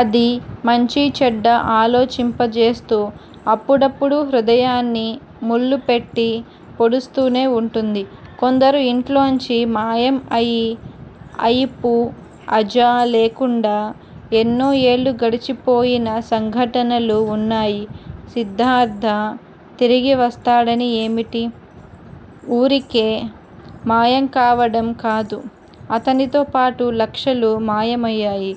అది మంచీచెడ్డా ఆలోచింపజేస్తూ, అప్పుడప్పుడు హృదయాన్ని ముల్లుపెట్టి పొడుస్తూనే వుంటుంది. కొందరు ఇంట్లోంచి మాయం అయి అయిపూ అజా లేకుండా ఎన్నో ఏళ్ళు గడిచిపోయిన సంఘటనలు వున్నాయి. సిద్దార్థ తిరిగి వస్తాడని ఏమిటి? ఊరికే మాయంకావడం కాదు. అతనితో పాటు లక్షలు మాయమయ్యాయి.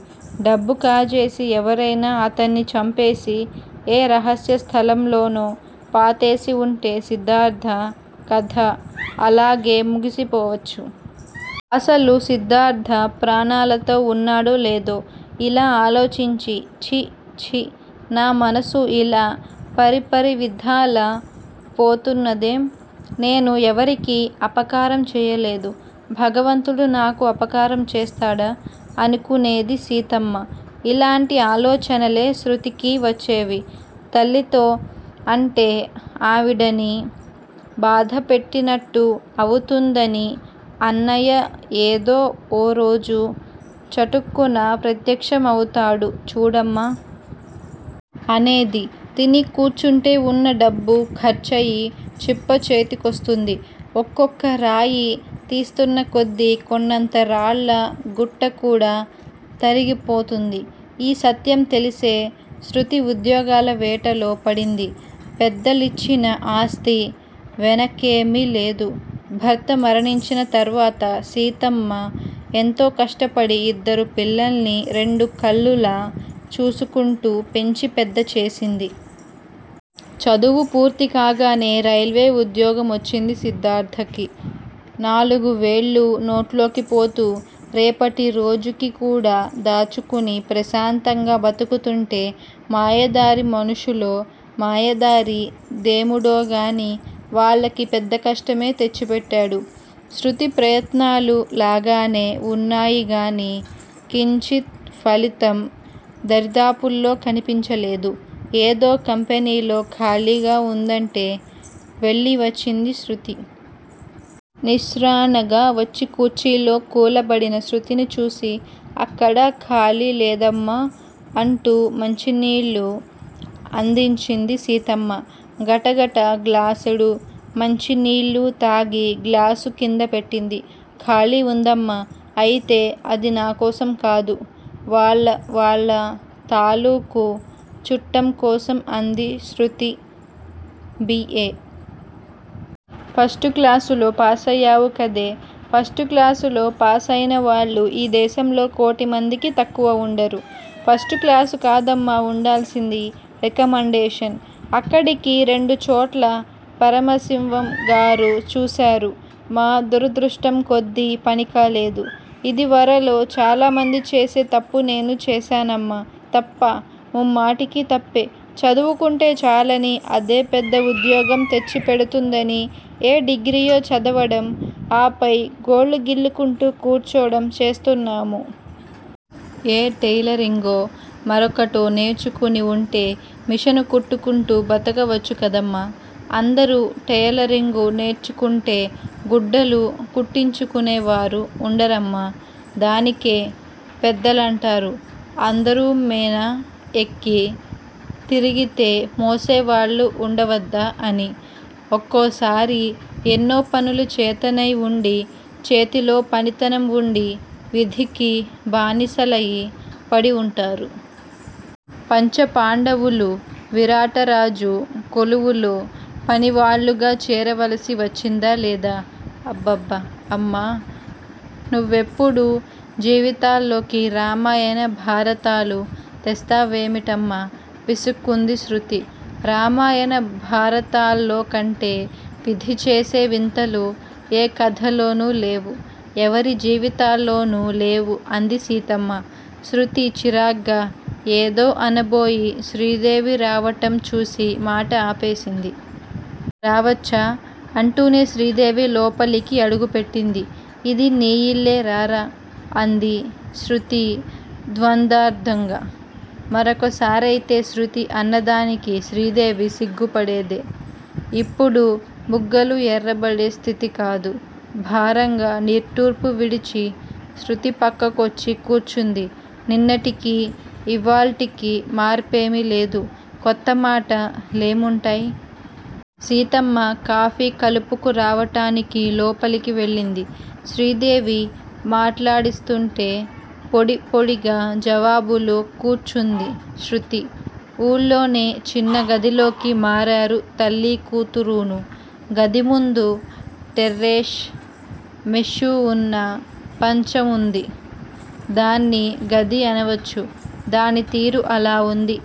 డబ్బు కాజేసి ఎవరైనా అతన్ని చంపేసి ఏ రహస్య స్థలంలోనో పాతేసి వుంటే సిద్దార్థ కథ అలాగే ముగిసిపోవచ్చు. అసలు సిద్దార్థ ప్రాణాలతో వున్నాడో లేదో! ఇలా ఆలోచించి ఛీ ఛీ నా మనసు ఇలా పరిపరివిధాల పోతున్నదేం? నేను ఎవరికీ అపకారంచెయ్యలేదు. భగవంతుడు నాకు అపకారం చేస్తాడా? ' అనుకునేది సీతమ్మ. ఇలాంటి ఆలోచనలే శృతికీ వచ్చేవి. తల్లితో అంటే ఆవిడని బాధ పెట్టినట్టు అవుతుందని అన్నయ్య ఏదో ఓ రోజు చటుక్కున ప్రత్యక్షమవుతాడు చూడమ్మా! అనేది. తిని కూర్చుంటే వున్న డబ్బు ఖర్చయి చిప్ప చేతికొస్తుంది. ఒక్కొక్క రాయి తీస్తున్నకొద్దీ కొండంత రాళ్ళ గుట్టకూడా తరిగిపోతుంది. ఈ సత్యం తెలిసే శృతి ఉద్యోగాల వేటలో పడింది. పెద్దలిచ్చిన ఆస్తి వెనకేమీ లేదు. భర్త మరణించిన తర్వాత సీతమ్మ ఎంతో కష్టపడి ఇద్దరు పిల్లల్ని రెండు కళ్ళులా చూసుకుంటూ పెంచి పెద్ద చేసింది. చదువు పూర్తి కాగానే రైల్వే ఉద్యోగమొచ్చింది సిద్దార్థకి. నాలుగు వేళ్ళూ నోట్లోకి పోతూ, రేపటి రోజుకికూడా దాచుకుని ప్రశాంతంగా బతుకుతుంటే మాయదారి మనుషులో, మాయదారి దేముడోగాని వాళ్ళకి పెద్దకష్టమే తెచ్చిపెట్టాడు. శృతి ప్రయత్నాలు లాగానే వున్నాయిగాని, కించిత్ ఫలితం దరిదాపుల్లో కనిపించలేదు. ఏదో కంపెనీలో ఖాళీగా వుందంటే వెళ్ళివచ్చిందిశృతి. నిస్త్రాణగా వచ్చి కుర్చీలో కూలబడిన శృతిని చూసి అక్కడా ఖాళీ లేదామ్మా? అంటూ మంచినీళ్ళు అందించింది సీతమ్మ. గటగట గ్లాసెడు మంచినీళ్ళూతాగి గ్లాసు కింద పెట్టింది. ఖాళీ వుందమ్మా! అయితే, అది నాకోసం కాదు. వాళ్ళ వాళ్ళ తాలూకు చుట్టంకోసం అంది శృతి. బి. ఏ. ఫస్టు క్లాసులో ప్యాసయ్యావుకదే? ఫస్టుక్లాసులో ప్యాసయినవాళ్ళు ఈ దేశంలో కోటిమందికి తక్కువ ఉండరు. ఫస్టు క్లాసు కాదమ్మా వుండాల్సింది. రికమండేషన్, అక్కడికీ రెండుచోట్ల పరమశివంగారు చూశారు. మా దురదృష్టంకొద్దీ పనికాలేదు. ఇదివరలో చాలామంది చేసే తప్పు నేనూ చేశానమ్మా! తప్పా? ముమ్మాటికీ తప్పే. చదువుకుంటే చాలని, అదే పెద్ద ఉద్యోగం తెచ్చిపెడుతుందని ఏ డిగ్రీయో చదవడం, ఆ పై గోళ్ళు గిల్లుకుంటూ కూర్చోడం చేస్తున్నాము. ఏ టెయిలరింగో, మరొకటో నేర్చుకుని వుంటే మిషను కుట్టుకుంటూ బతకవచ్చుకదమ్మా! అందరూ టెయిలరింగు నేర్చుకుంటే గుడ్డలు కుట్టించుకునేవారు ఉండరమ్మా! దానికే పెద్దలంటారు! అందరూమేనా ఎక్కి తిరిగితే మోసేవాళ్ళు వుండవద్దా అని. ఒక్కో సారి ఎన్నో పనులు చేతనై వుండి, చేతిలో పనితనం వుండి విధికి బానిసలయి పడివుంటారు. పంచపాండవులు విరాటరాజు కొలువులో పనివాళ్ళుగా చేరవలసి వచ్చిందా లేదా? అబ్బబ్బ-అమ్మా! నువ్వెప్పుడూ జీవితాల్లోకి రామాయన భారతాలు తెస్తావేమిటమ్మా! విసుక్కుంది శృతి. రామాయణ భారతాల్లోకంటే విధిచేసే వింతలు ఏ కథలోనూ లేవు, ఎవరి జీవితాల్లోనూ లేవు అంది సీతమ్మ. శృతి చిరాగ్గా ఏదో అనబోయి శ్రీదేవి రావటం చూసి మాట ఆపేసింది. రావచ్చా? అంటూనే శ్రీదేవి లోపలికి అడుగు పెట్టింది. ఇది నీ యిల్లే రారా. అంది శృతి ద్వంద్వార్థంగా. మరొకసారయితే శృతి అన్నదానికి శ్రీదేవి సిగ్గుపడేదే. ఇప్పుడు బుగ్గలు ఎర్రబడే స్థితికాదు, భారంగా నిట్టూర్పు విడిచి శృతి పక్కకొచ్చి కూర్చుంది. నిన్నటికి ఇవాల్టికి మార్పేమీ లేదు, కొత్తమాట లేముంటాయ్? సీతమ్మ కాఫీ కలుపుకు రావటానికి లోపలికి వెళ్ళింది. శ్రీదేవి మాట్లాడిస్తుంటే పొడి పొడిగా జవాబులు కూర్చుంది శృతి. ఊళ్ళోనే చిన్న గదిలోకి మారారు తల్లీ కూతురూను, గదిముందు టెర్రేష్, మెష్షూవున్న పంచవుంది. దాన్ని గది అనవచ్చు. దాని తీరు అలా వుంది. దాని